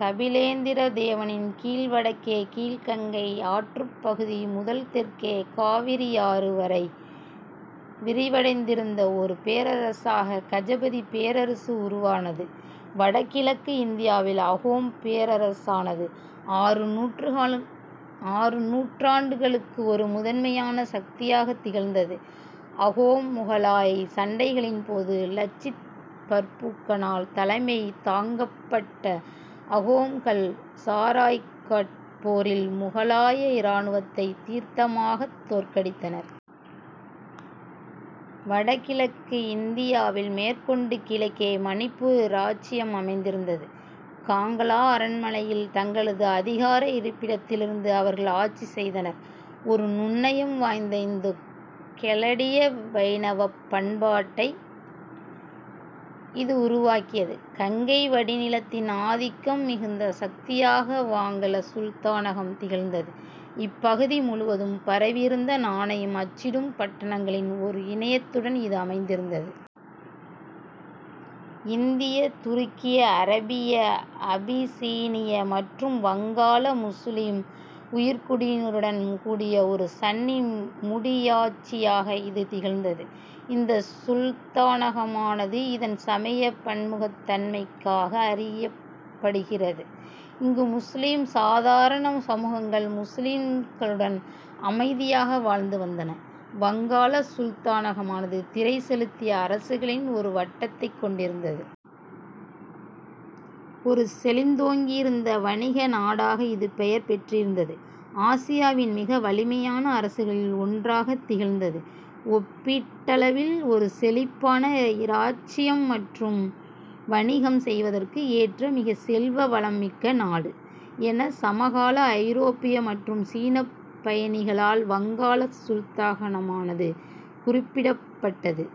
கபிலேந்திர தேவனின் கீழ் வடக்கே கீழ் கங்கை ஆற்றுப்பகுதி முதல் தெற்கே காவிரியாறு வரை விரிவடைந்திருந்த ஒரு பேரரசாக கஜபதி பேரரசு உருவானது. வடகிழக்கு இந்தியாவில் அகோம் பேரரசானது ஆறு நூற்றாண்டுகளுக்கு ஒரு முதன்மையான சக்தியாகத் திகழ்ந்தது. அகோம்-முகலாயச் சண்டைகளின் போது லச்சித் பர்பூக்கனால் தலைமை தாங்கப்பட்ட அகோம்கள் சராய்காட் போரில் முகலாய இராணுவத்தைத் தீர்க்கமாகத் தோற்கடித்தனர். வடகிழக்கு இந்தியாவில் மேற்கொண்டு கிழக்கே மணிப்பூர் இராச்சியம் அமைந்திருந்தது. காங்லா அரண்மனையில் தங்களது அதிகார இருப்பிடத்திலிருந்து அவர்கள் ஆட்சி செய்தனர். ஒரு நுண்ணயம் வாய்ந்த இந்து கௌடிய வைணவப் பண்பாட்டை இது உருவாக்கியது. கங்கை வடிநிலத்தின் ஆதிக்கம் மிகுந்த சக்தியாக வங்காள சுல்தானகம் திகழ்ந்தது. இப்பகுதி முழுவதும் பரவியிருந்த நாணயம் அச்சிடும் பட்டணங்களின் ஓர் இணையத்துடன் இது அமைந்திருந்தது. இந்திய-துருக்கிய, அரேபிய, அபிசீனிய மற்றும் வங்காள-முசுலிம் உயர்குடியினருடன் கூடிய ஒரு சன்னி முடியாட்சியாக இது திகழ்ந்தது. இந்த சுல்தானகமானது இதன் சமய பன்முகத் தன்மைக்காக அறியப்படுகிறது. இங்கு முசுலிம் சாராத சமூகங்கள் முசுலிம்களுடன் அமைதியாக வாழ்ந்து வந்தன. வங்காள சுல்தானகமானது திறை செலுத்திய அரசுகளின் ஒரு வட்டத்தைக் கொண்டிருந்தது. ஒரு செழித்தோங்கியிருந்த வணிக நாடாக இது பெயர் பெற்றிருந்தது. ஆசியாவின் மிக வலிமையான அரசுகளில் ஒன்றாகத் திகழ்ந்தது. ஒப்பீட்டளவில் ஒரு செழிப்பான இராச்சியம் மற்றும் "வணிகம் செய்வதற்கு ஏற்ற மிக செல்வ வளம் மிக்க நாடு" என சமகால ஐரோப்பிய மற்றும் சீனப் பயணிகளால் வங்காள சுல்தானகமானது குறிப்பிடப்பட்டது.